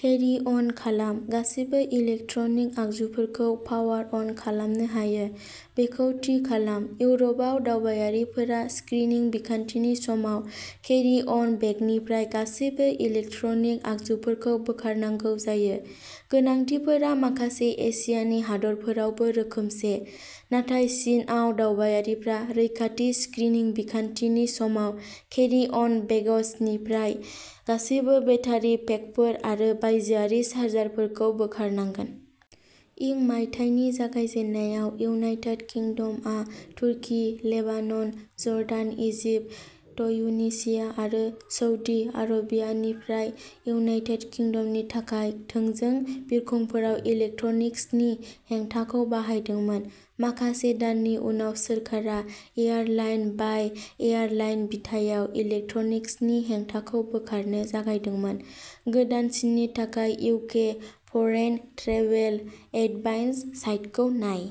केरि-अन खालाम। गासैबो इलेक्ट्रनिक आगजुफोरखौ पावार-अन खालामनो हायो बेखौ थि खालाम। इउरपआव, दावबायारिफोरा स्क्रिनिं बिखान्थिनि समाव केरि-अन बेगनिफ्राय गासैबो इलेक्ट्रनिक आगजुफोरखौ बोखारनांगौ जायो। गोनांथिफोरा माखासे एसियानि हादरफोरावबो रोखोमसे। नाथाय, चीनआव, दावबायारिफ्रा रैखाथि स्क्रिनिं बिखान्थिनि समाव केरि-अन बेगजनिफ्राय गासैबो बेटारि पेकफोर आरो बायजोआरि चार्जारफोरखौ बोखारनांगोन। इं मायथाइनि जागायजेन्नायाव, इउनाइटेड किंडम आ तुर्की, लेबानन, जर्डान, इजिप्ट, ट्युनिसिया आरो सउदी आरबियानिफ्राय इउनाइटेड किंडमनि थाखाय थोंजों बिरखंफोराव इलेक्ट्रनिक्सनि हेंथाखौ बाहायदोंमोन। माखासे दाननि उनाव, सोरखारा एयारलाइन-बाय-एयारलाइन बिथायाव इलेक्ट्रनिक्सनि हेंथाखौ बोखारनो जागायदोंमोन। गोदानसिननि थाखाय इउके फरेइन ट्रेभेल एदभाइस साइटखौ नाय।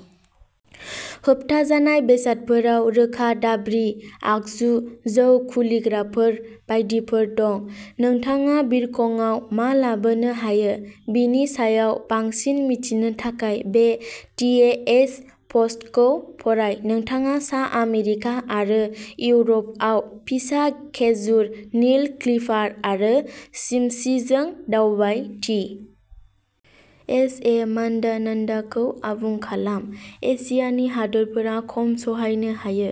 होबथाजानाय बेसादफोराव रोखा-दाब्रि, आगजु, जौ खुलिग्राफोर बायदिफोर दं। नोंथाङा बिरखंआव मा लाबोनो हायो बेनि सायाव बांसिन मिथिनो थाखाय बे टिएसए पस्टखौ फराय। नोंथाङा सा आमेरिका आरो इउरपआव फिसा खेजुर, नेल क्लिपार आरो चिमसिजों दावबाय टि. एस. ए. मानदान्दाखौ आबुं खालाम। एशियानि हादोरफोरा खम सहायनो हायो।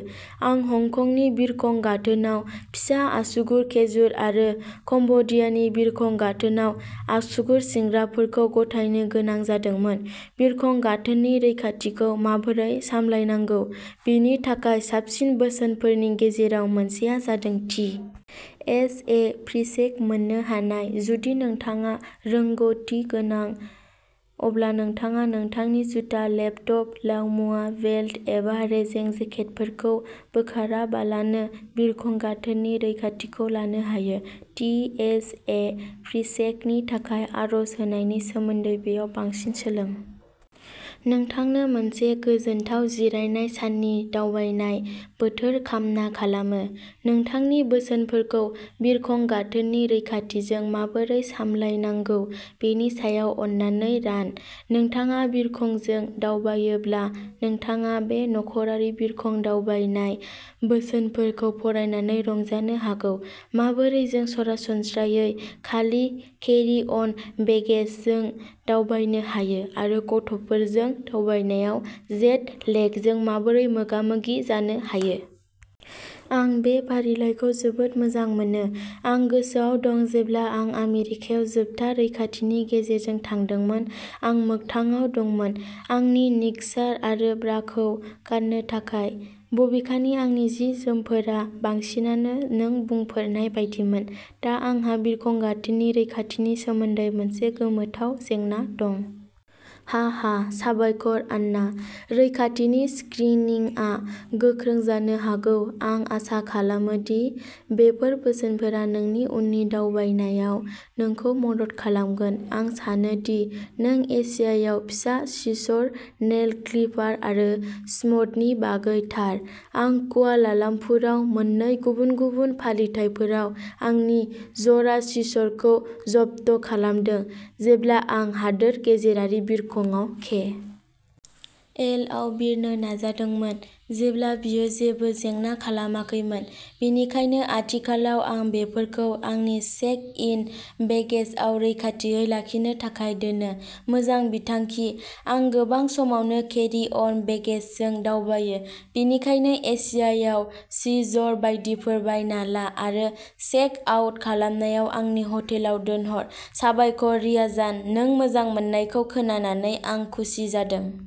आं हंकंनि बिरखं गाथोनाव फिसा आसुगुर खेजुर आरो कम्बोडियानि बिरखं गाथोनाव आसुगुर सिनग्राफोरखौ गथायनो गोनां जादोंमोन। बिरखं गाथोननि रैखाथिखौ माबोरै सामलायनांगौ बेनि थाखाय साबसिन बोसोनफोरनि गेजेराव मोनसेआ जादों टि. एस. ए. प्रिचेक मोन्नो हानाय। जुदि नोंथाङा रोंग'थि गोनां, अब्ला नोंथाङा नोंथांनि जुथा, लेपटप, लाव-मुवा, बेल्ट एबा रेजें जेकेटफोरखौ बोखाराबालानो बिरखं गाथोननि रैखाथिखौ लानो हायो। टि.एस. ए. प्रिचेँकनि थाखाय आर'ज होनायनि सोमोन्दै बेयाव बांसिन सोलों। नोंथांनो मोनसे गोजोनथाव जिरायनाय साननि दावबायनाय बोथोर कामना खालामो! नोंथांनि बोसोनफोरखौ बिरखं गाथोननि रैखाथिजों माबोरै सामलायनांगौ बेनि सायाव अन्नानै रान। नोंथाङा बिरखंजों दावबायोब्ला, नोंथाङा बे नखरारि बिरखं दावबायनाय बोसोनफोरखौ फरायनानै रंजानो हागौ, माबोरै जों सरासनस्रायै खालि केरि-अन बेगेजजों दावबायनो हायो, आरो गथ'फोरजों दावबायनायाव जेट लेगजों माबोरै मोगा-मोगि जानो हायो। आं बे फारिलाइखौ जोबोद मोजां मोनो, आं गोसोआव दं जेब्ला आं आमेरिकायाव जोबथा रैखाथिनि गेजेरजों थांदोंमोन, आं मोगथाङाव दंमोन। आंनि निक्सार आरो ब्राखौ गाननो थाखाय। बबेखानि आंनि जि-जोमफोरा बांसिनानो नों बुंफोरनाय बायदिमोन। दा आंहा बिरखं गाथोननि रैखाथिनि सोमोन्दै मोनसे गोमोथाव जेंना दं। हाहा। साबायखर, आन्ना! रैखाथिनि स्क्रिनिंआ गोख्रों जानो हागौ-आं आसा खालामो दि बेफोर बोसोनफोरा नोंनि उननि दावबायनायाव नोंखौ मदद खालामगोन। आं सानो दि नों एसियायाव फिसा सिजर, नेल क्लिपार आरो चिम्टनि बागै थार। आं कुआलालाम्पुराव मोननै गुबुन-गुबुन फालिथायफोराव आंनि जरा सिजरखौ जब्द' खालामदों, जेब्ला आं हादोर गेजेरारि बिरखंआव के. एल. आव बिरनो नाजादोंमोन, जेब्ला बेयो जेबो जेंना खालामाखैमोन। बेनिखायनो आथिखालाव, आं बेफोरखौ आंनि चेक-इन बेगेजआव रैखाथियै लाखिनो थाखाय दोनो। मोजां बिथांखि! आं गोबां समावनो केरि-अन बेगेजजों दावबायो, बेनिखायनो एसियायाव सिजर बायदिफोर बायना ला आरो चेक-आउट खालामनायाव आंनि हटेलाव दोनहर। साबायखर, रियाजान! नों मोजां मोननायखौ खोनानानै आं खुसि जादों।